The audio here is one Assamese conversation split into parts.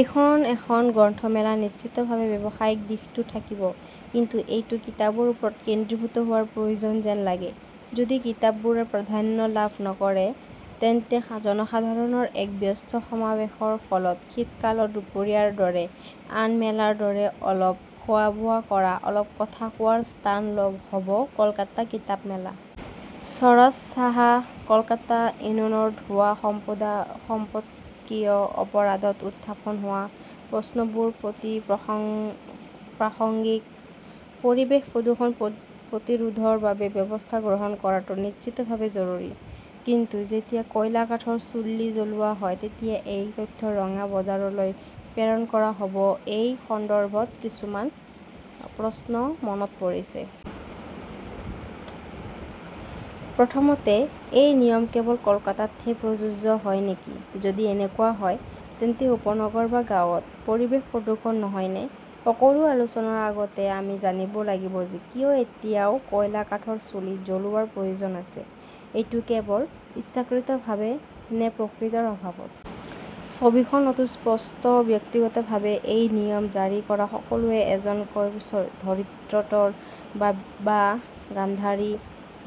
এইখন এখন গ্ৰন্থ মেলা। নিশ্চিতভাৱে ব্যৱসায়িক দিশটো থাকিব। কিন্তু এইটো কিতাপৰ ওপৰত কেন্দ্ৰীভূত হোৱাৰ প্ৰয়োজন যেন লাগে। যদি কিতাপবোৰে প্ৰাধান্য লাভ নকৰে, তেন্তে জনসাধাৰণৰ এক ব্যস্ত সমাৱেশৰ ফলত শীতকালৰ দুপৰীয়াৰ দৰে আন মেলাৰ দৰে অলপ খোৱা-বোৱা কৰা, অলপ কথা কোৱাৰ স্থান হ 'ব কলকাতা কিতাপ মেলা। স্বৰজ সাহা, কলকাতা ইনুনৰ ধোঁৱা সম্পদা সম্পকীয় অপৰাধ' ত উত্থাপন হোৱা প্ৰশ্নবোৰ অতি প্ৰসং প্ৰাসংগিক। পৰিৱেশ প্ৰদূষণ প্ৰতিৰোধৰ বাবে ব্যৱস্থা গ্ৰহণ কৰাটো নিশ্চিতভাৱে জৰুৰী। কিন্তু যেতিয়া কয়লা-কাঠৰ চুল্লি জ্বলোৱা হয় তেতিয়া সেই তথ্য ৰঙা বজাৰলৈ প্ৰেৰণ কৰা হ 'ব-এই সন্দৰ্ভত কিছুমান প্ৰশ্ন মনত পৰিছে। প্ৰথমতে, এই নিয়ম কেৱল কলকাতাতহে প্ৰযোজ্য হয় নেকি। যদি এনেকুৱা হয়, তেন্তে উপনগৰ বা গাঁৱত পৰিৱেশ প্ৰদূষণ নহয়নে? সকলো আলোচনাৰ আগতে আমি জানিব লাগিব যে কিয় এতিয়াও কয়লা-কাঠৰ চুলিত জ্বলোৱাৰ প্ৰয়োজন আছে। এইটো কেৱল ইচ্ছাকৃতভাৱে, নে প্ৰকৃতৰ অভাৱত। ছবিখন অতি স্পষ্ট। ব্যক্তিগতভাৱে, এই নিয়ম জাৰি কৰা সকলোৱে এজনকৈ ধৰিত্ৰতৰ বা গান্ধাৰী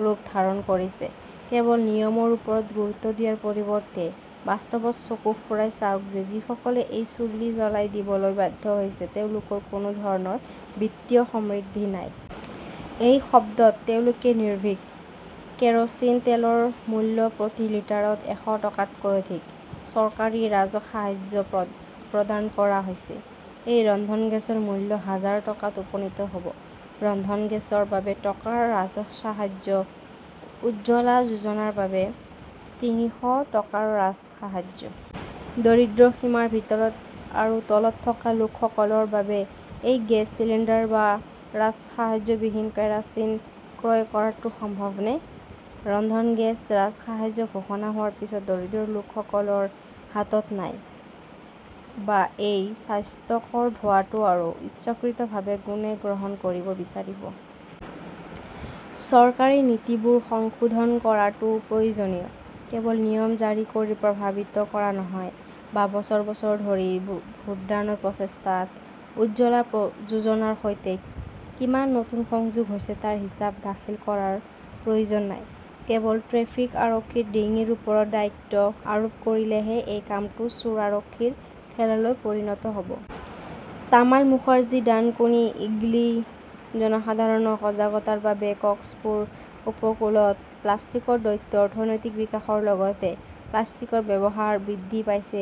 ৰূপ ধাৰণ কৰিছে। কেৱল নিয়মৰ ওপৰত গুৰুত্ব দিয়াৰ পৰিৱৰ্তে, বাস্তৱত চকু ফুৰাই চাওক যে যিসকলে এই চুল্লী জ্বলাই দিবলৈ বাধ্য হৈছে তেওঁলোকৰ কোনো ধৰণৰ বিত্তীয় সমৃদ্ধি নাই। এটা শব্দত, তেওঁলোকে নিৰ্ভীক। কেৰ "চিন তেলৰ মূল্য প্ৰতি লিটাৰত এশ টকাতকৈ অধিক। চৰকাৰী ৰাজসাহায্য প্ৰদান কৰা হৈছে। আৰু ৰন্ধন গেছৰ মূল্য হাজাৰ টকাত উপনীত হ’ব। ৰন্ধন গেছৰ বাবে টকাৰ ৰাজসাহায্য। উজ্জ্বলা যোজনাৰ বাবে তিনিশ টকাৰ ৰাজসাহায্য। দৰিদ্ৰ সীমাৰ ভিতৰত আৰু তলত থকা লোকসকলৰ বাবে এই গেছ চিলিণ্ডাৰ বা ৰাজসাহায্যবিহীন কেৰোচিন ক্ৰয় কৰাটো সম্ভৱনে। ৰন্ধন গেছ ৰাজসাহায্য ঘোষণা হোৱাৰ পিছতো দৰিদ্ৰ লোকসকলৰ হাতত নাই। বা এই অস্বাস্থ্যকৰ ধোঁৱাটো আৰু ইচ্ছাকৃতভাৱে কোনে গ্ৰহণ কৰিব বিচাৰে। চৰকাৰী নীতিবোৰ সংশোধন কৰাটো প্ৰয়োজনীয়, কেৱল নিয়ম জাৰি কৰি প্ৰভাৱিত কৰা নহয়, বা বছৰ বছৰ ধৰি ভোটদানৰ প্ৰচেষ্টাত উজ্জ্বলা যোজনাৰ সৈতে কিমান নতুন সংযোগ হৈছে তাৰ হিচাপ দাখিল কৰাৰ প্ৰয়োজন নাই। কেৱল ট্ৰেফিক আৰক্ষীৰ ডিঙিৰ ওপৰত দায়িত্ব আৰোপ কৰিলেহে এই কামটো চোৰ-আৰক্ষীৰ খেললৈ পৰিণত হ’ব। তামাল মুখাৰ্জী, ডানকুনি, ইগলী। জনসাধাৰণৰ সজাগতাৰ বাবে কক্সপুৰ উপকূলত প্লাষ্টিকৰ দৈত্য অৰ্থনৈতিক বিকাশৰ লগতে প্লাষ্টিকৰ ব্যৱহাৰ বৃদ্ধি পাইছে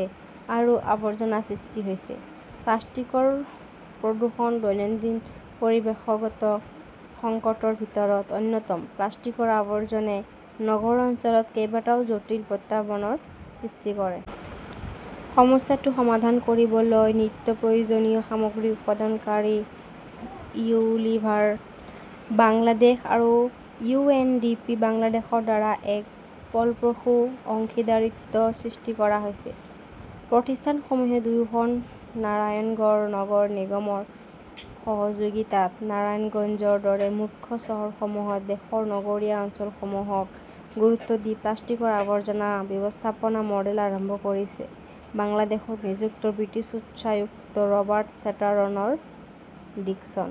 আৰু আৱৰ্জনা সৃষ্টি হৈছে। প্লাষ্টিকৰ প্ৰদূষণ দৈনন্দিন পৰিৱেশগত সংকটৰ ভিতৰত অন্যতম। প্লাষ্টিকৰ আৱৰ্জনে নগৰ অঞ্চলত কেইবাটাও জটিল প্ৰত্যাহ্বানৰ সৃষ্টি কৰে। সমস্যাটো সমাধান কৰিবলৈ নিত্যপ্ৰয়োজনীয় সামগ্ৰী উৎপাদনকাৰী ইউনিলিভাৰ বাংলাদেশ আৰু ইউ. এন. ডি. পি. বাংলাদেশৰ দ্বাৰা এক ফলপ্ৰসূ অংশীদাৰিত্ব সৃষ্টি কৰা হৈছে। প্ৰতিষ্ঠানসমূহে দুয়োখন নাৰায়ণগড় নগৰ নিগমৰ সহযোগিতাত নাৰায়ণগঞ্জৰ দৰে মুখ্য চহৰসমূহত দেশৰ নগৰীয়া অঞ্চলসমূহক গুৰুত্ব দি প্লাষ্টিকৰ আৱৰ্জনা ব্যৱস্থাপনা মডেল আৰম্ভ কৰিছে। বাংলাদেশত নিযুক্ত ব্ৰিটিছ উচ্চায়ুক্ত ৰবাৰ্ট চেটাৰটন ডিকছন।